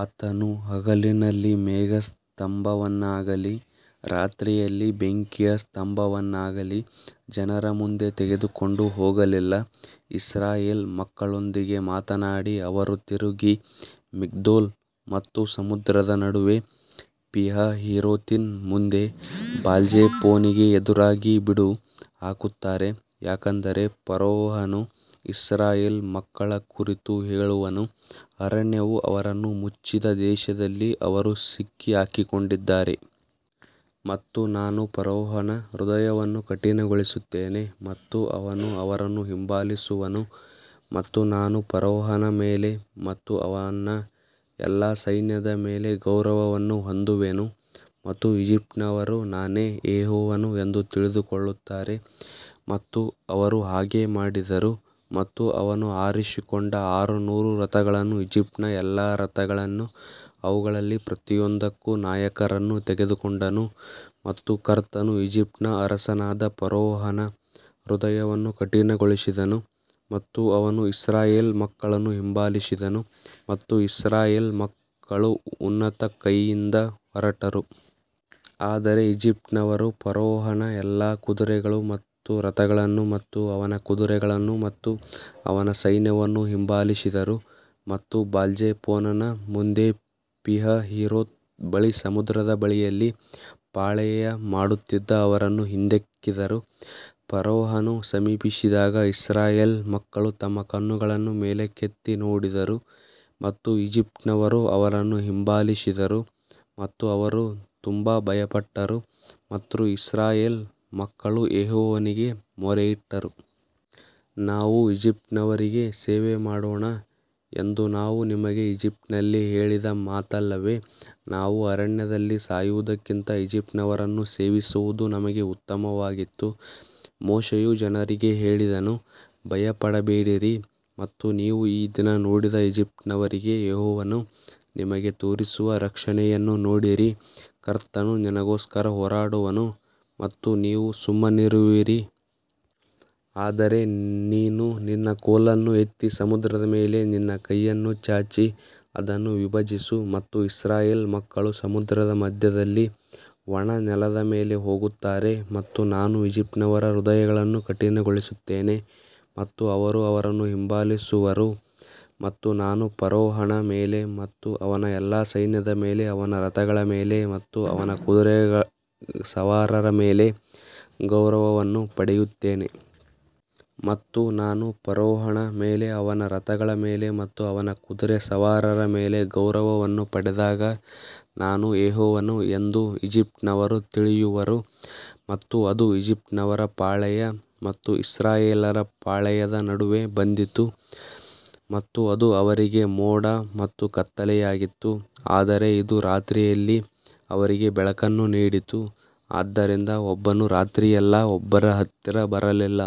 ಆತನು ಹಗಲಿನಲ್ಲಿ ಮೇಘಸ್ತಂಭವನ್ನಾಗಲಿ ರಾತ್ರಿಯಲ್ಲಿ ಬೆಂಕಿಯ ಸ್ತಂಭವನ್ನಾಗಲಿ ಜನರ ಮುಂದೆ ತೆಗೆದುಕೊಂಡು ಹೋಗಲಿಲ್ಲ. ಇಸ್ರಾಯೇಲ್ ಮಕ್ಕಳೊಂದಿಗೆ ಮಾತನಾಡಿ ಅವರು ತಿರುಗಿ ಮಿಗ್ದೋಲ್ ಮತ್ತು ಸಮುದ್ರದ ನಡುವೆ ಪಿಹಹೀರೋತಿನ ಮುಂದೆ ಬಾಲ್ಜೆಫೋನಿಗೆ ಎದುರಾಗಿ ಬೀಡು ಹಾಕುತ್ತಾರೆ. ಯಾಕಂದರೆ ಫರೋಹನು ಇಸ್ರಾಯೇಲ್ ಮಕ್ಕಳ ಕುರಿತು ಹೇಳುವನು ಅರಣ್ಯವು ಅವರನ್ನು ಮುಚ್ಚಿದ ದೇಶದಲ್ಲಿ ಅವರು ಸಿಕ್ಕಿಹಾಕಿಕೊಂಡಿದ್ದಾರೆ. ಮತ್ತು ನಾನು ಫರೋಹನ ಹೃದಯವನ್ನು ಕಠಿಣಗೊಳಿಸುತ್ತೇನೆ ಮತ್ತು ಅವನು ಅವರನ್ನು ಹಿಂಬಾಲಿಸುವನು ಮತ್ತು ನಾನು ಫರೋಹನ ಮೇಲೆ ಮತ್ತು ಅವನ ಎಲ್ಲಾ ಸೈನ್ಯದ ಮೇಲೆ ಗೌರವವನ್ನು ಹೊಂದುವೆನು ಮತ್ತು ಈಜಿಪ್ಟಿನವರು ನಾನೇ ಯೆಹೋವನು ಎಂದು ತಿಳಿದುಕೊಳ್ಳುತ್ತಾರೆ ಮತ್ತು ಅವರು ಹಾಗೆ ಮಾಡಿದರು. ಮತ್ತು ಅವನು ಆರಿಸಿಕೊಂಡ ಆರುನೂರು ರಥಗಳನ್ನೂ ಈಜಿಪ್ಟಿನ ಎಲ್ಲಾ ರಥಗಳನ್ನೂ ಅವುಗಳಲ್ಲಿ ಪ್ರತಿಯೊಂದಕ್ಕೂ ನಾಯಕರನ್ನು ತೆಗೆದುಕೊಂಡನು ಮತ್ತು ಕರ್ತನು ಈಜಿಪ್ಟಿನ ಅರಸನಾದ ಫರೋಹನ ಹೃದಯವನ್ನು ಕಠಿಣಗೊಳಿಸಿದನು ಮತ್ತು ಅವನು ಇಸ್ರಾಯೇಲ್ ಮಕ್ಕಳನ್ನು ಹಿಂಬಾಲಿಸಿದನು ಮತ್ತು ಇಸ್ರಾಯೇಲ್ ಮಕ್ಕಳು ಉನ್ನತ ಕೈಯಿಂದ ಹೊರಟರು. ಆದರೆ ಈಜಿಪ್ಟಿನವರು ಫರೋಹನ ಎಲ್ಲಾ ಕುದುರೆಗಳು ಮತ್ತು ರಥಗಳನ್ನು ಮತ್ತು ಅವನ ಕುದುರೆಗಳನ್ನು ಮತ್ತು ಅವನ ಸೈನ್ಯವನ್ನು ಹಿಂಬಾಲಿಸಿದರು ಮತ್ತು ಬಾಲ್ಜೆಫೋನನ ಮುಂದೆ ಪೀಹಹೀರೋತ್ ಬಳಿ ಸಮುದ್ರದ ಬಳಿಯಲ್ಲಿ ಪಾಳೆಯಮಾಡುತ್ತಿದ್ದ ಅವರನ್ನು ಹಿಂದಿಕ್ಕಿದರು. ಫರೋಹನು ಸಮೀಪಿಸಿದಾಗ ಇಸ್ರಾಯೇಲ್ ಮಕ್ಕಳು ತಮ್ಮ ಕಣ್ಣುಗಳನ್ನು ಮೇಲಕ್ಕೆತ್ತಿ ನೋಡಿದರು ಮತ್ತು ಈಜಿಪ್ಟಿನವರು ಅವರನ್ನು ಹಿಂಬಾಲಿಸಿದರು ಮತ್ತು ಅವರು ತುಂಬಾ ಭಯಪಟ್ಟರು ಮತ್ತು ಇಸ್ರಾಯೇಲ್ ಮಕ್ಕಳು ಯೆಹೋವನಿಗೆ ಮೊರೆಯಿಟ್ಟರು. ನಾವು ಈಜಿಪ್ಟಿನವರಿಗೆ ಸೇವೆ ಮಾಡೋಣ ಎಂದು ನಾವು ನಿಮಗೆ ಈಜಿಪ್ಟಿನಲ್ಲಿ ಹೇಳಿದ ಮಾತಲ್ಲವೇ. ನಾವು ಅರಣ್ಯದಲ್ಲಿ ಸಾಯುವುದಕ್ಕಿಂತ ಈಜಿಪ್ಟಿನವರನ್ನು ಸೇವಿಸುವುದು ನಮಗೆ ಉತ್ತಮವಾಗಿತ್ತು. ಮೋಶೆಯು ಜನರಿಗೆ ಹೇಳಿದನು ಭಯಪಡಬೇಡಿರಿ ಮತ್ತು ನೀವು ಈ ದಿನ ನೋಡಿದ ಈಜಿಪ್ಟಿನವರಿಗೆ ಯೆಹೋವನು ನಿಮಗೆ ತೋರಿಸುವ ರಕ್ಷಣೆಯನ್ನು ನೋಡಿರಿ. ಕರ್ತನು ನಿನಗೋಸ್ಕರ ಹೋರಾಡುವನು ಮತ್ತು ನೀವು ಸುಮ್ಮನಿರುವಿರಿ. ಆದರೆ ನೀನು ನಿನ್ನ ಕೋಲನ್ನು ಎತ್ತಿ ಸಮುದ್ರದ ಮೇಲೆ ನಿನ್ನ ಕೈಯನ್ನು ಚಾಚಿ ಅದನ್ನು ವಿಭಜಿಸು ಮತ್ತು ಇಸ್ರಾಯೇಲ್ ಮಕ್ಕಳು ಸಮುದ್ರದ ಮಧ್ಯದಲ್ಲಿ ಒಣ ನೆಲದ ಮೇಲೆ ಹೋಗುತ್ತಾರೆ. ಮತ್ತು ನಾನು ಈಜಿಪ್ಟಿನವರ ಹೃದಯಗಳನ್ನು ಕಠಿಣಗೊಳಿಸುತ್ತೇನೆ ಮತ್ತು ಅವರು ಅವರನ್ನು ಹಿಂಬಾಲಿಸುವರು ಮತ್ತು ನಾನು ಫರೋಹನ ಮೇಲೆ ಮತ್ತು ಅವನ ಎಲ್ಲಾ ಸೈನ್ಯದ ಮೇಲೆ ಅವನ ರಥಗಳ ಮೇಲೆ ಮತ್ತು ಅವನ ಕುದುರೆ ಸವಾರರ ಮೇಲೆ ಗೌರವವನ್ನು ಪಡೆಯುತ್ತೇನೆ. ಮತ್ತು ನಾನು ಫರೋಹನ ಮೇಲೆ ಅವನ ರಥಗಳ ಮೇಲೆ ಮತ್ತು ಅವನ ಕುದುರೆ ಸವಾರರ ಮೇಲೆ ಗೌರವವನ್ನು ಪಡೆದಾಗ ನಾನು ಯೆಹೋವನು ಎಂದು ಈಜಿಪ್ಟಿನವರು ತಿಳಿಯುವರು. ಮತ್ತು ಅದು ಈಜಿಪ್ಟಿನವರ ಪಾಳೆಯ ಮತ್ತು ಇಸ್ರಾಯೇಲ್ಯರ ಪಾಳೆಯದ ನಡುವೆ ಬಂದಿತು ಮತ್ತು ಅದು ಅವರಿಗೆ ಮೋಡ ಮತ್ತು ಕತ್ತಲೆಯಾಗಿತ್ತು ಆದರೆ ಇದು ರಾತ್ರಿಯಲ್ಲಿ ಅವರಿಗೆ ಬೆಳಕನ್ನು ನೀಡಿತು ಆದ್ದರಿಂದ ಒಬ್ಬನು ರಾತ್ರಿಯೆಲ್ಲಾ ಒಬ್ಬರ ಹತ್ತಿರ ಬರಲಿಲ್ಲ.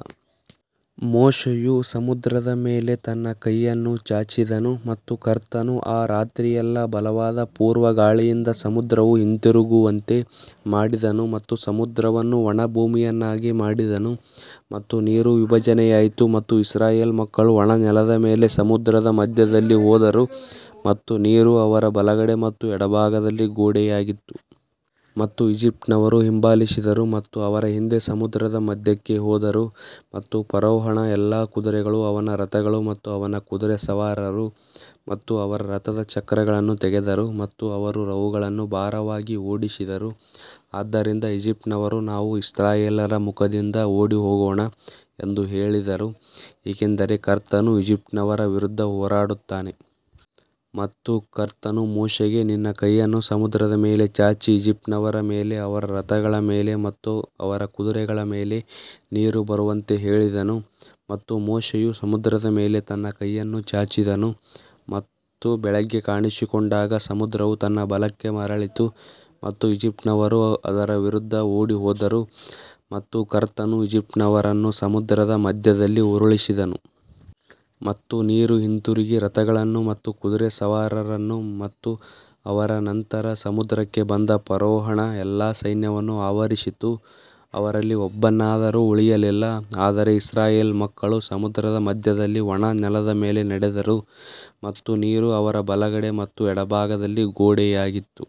ಮೋಶೆಯು ಸಮುದ್ರದ ಮೇಲೆ ತನ್ನ ಕೈಯನ್ನು ಚಾಚಿದನು ಮತ್ತು ಕರ್ತನು ಆ ರಾತ್ರಿಯೆಲ್ಲಾ ಬಲವಾದ ಪೂರ್ವ ಗಾಳಿಯಿಂದ ಸಮುದ್ರವು ಹಿಂತಿರುಗುವಂತೆ ಮಾಡಿದನು ಮತ್ತು ಸಮುದ್ರವನ್ನು ಒಣ ಭೂಮಿಯನ್ನಾಗಿ ಮಾಡಿದನು ಮತ್ತು ನೀರು ವಿಭಜನೆಯಾಯಿತು. ಮತ್ತು ಇಸ್ರಾಯೇಲ್ ಮಕ್ಕಳು ಒಣ ನೆಲದ ಮೇಲೆ ಸಮುದ್ರದ ಮಧ್ಯದಲ್ಲಿ ಹೋದರು ಮತ್ತು ನೀರು ಅವರ ಬಲಗಡೆ ಮತ್ತು ಎಡಭಾಗದಲ್ಲಿ ಗೋಡೆಯಾಗಿತ್ತು. ಮತ್ತು ಈಜಿಪ್ಟಿನವರು ಹಿಂಬಾಲಿಸಿದರು ಮತ್ತು ಅವರ ಹಿಂದೆ ಸಮುದ್ರದ ಮಧ್ಯಕ್ಕೆ ಹೋದರು ಮತ್ತು ಫರೋಹನ ಎಲ್ಲಾ ಕುದುರೆಗಳು ಅವನ ರಥಗಳು ಮತ್ತು ಅವನ ಕುದುರೆ ಸವಾರರು ಮತ್ತು ಅವರ ರಥದ ಚಕ್ರಗಳನ್ನು ತೆಗೆದರು ಮತ್ತು ಅವರು ಅವುಗಳನ್ನು ಭಾರವಾಗಿ ಓಡಿಸಿದರು. ಆದ್ದರಿಂದ ಈಜಿಪ್ಟಿನವರು ನಾವು ಇಸ್ರಾಯೇಲ್ಯರ ಮುಖದಿಂದ ಓಡಿಹೋಗೋಣ ಎಂದು ಹೇಳಿದರು ಏಕೆಂದರೆ ಕರ್ತನು ಈಜಿಪ್ಟಿನವರ ವಿರುದ್ಧ ಹೋರಾಡುತ್ತಾನೆ. ಮತ್ತು ಕರ್ತನು ಮೋಶೆಗೆ ನಿನ್ನ ಕೈಯನ್ನು ಸಮುದ್ರದ ಮೇಲೆ ಚಾಚಿ ಈಜಿಪ್ಟಿನವರ ಮೇಲೆ ಅವರ ರಥಗಳ ಮೇಲೆ ಮತ್ತು ಅವರ ಕುದುರೆಗಳ ಮೇಲೆ ನೀರು ಬರುವಂತೆ ಹೇಳಿದನು. ಮತ್ತು ಮೋಶೆಯು ಸಮುದ್ರದ ಮೇಲೆ ತನ್ನ ಕೈಯನ್ನು ಚಾಚಿದನು ಮತ್ತು ಬೆಳಿಗ್ಗೆ ಕಾಣಿಸಿಕೊಂಡಾಗ ಸಮುದ್ರವು ತನ್ನ ಬಲಕ್ಕೆ ಮರಳಿತು ಮತ್ತು ಈಜಿಪ್ಟಿನವರು ಅದರ ವಿರುದ್ಧ ಓಡಿಹೋದರು ಮತ್ತು ಕರ್ತನು ಈಜಿಪ್ಟಿನವರನ್ನು ಸಮುದ್ರದ ಮಧ್ಯದಲ್ಲಿ ಉರುಳಿಸಿದನು. ಮತ್ತು ನೀರು ಹಿಂತಿರುಗಿ ರಥಗಳನ್ನು ಮತ್ತು ಕುದುರೆ ಸವಾರರನ್ನು ಮತ್ತು ಅವರ ನಂತರ ಸಮುದ್ರಕ್ಕೆ ಬಂದ ಫರೋಹನ ಎಲ್ಲಾ ಸೈನ್ಯವನ್ನು ಆವರಿಸಿತು ಅವರಲ್ಲಿ ಒಬ್ಬನಾದರೂ ಉಳಿಯಲಿಲ್ಲ. ಆದರೆ ಇಸ್ರಾಯೇಲ್ ಮಕ್ಕಳು ಸಮುದ್ರದ ಮಧ್ಯದಲ್ಲಿ ಒಣ ನೆಲದ ಮೇಲೆ ನಡೆದರು ಮತ್ತು ನೀರು ಅವರ ಬಲಗಡೆ ಮತ್ತು ಎಡಭಾಗದಲ್ಲಿ ಗೋಡೆಯಾಗಿತ್ತು.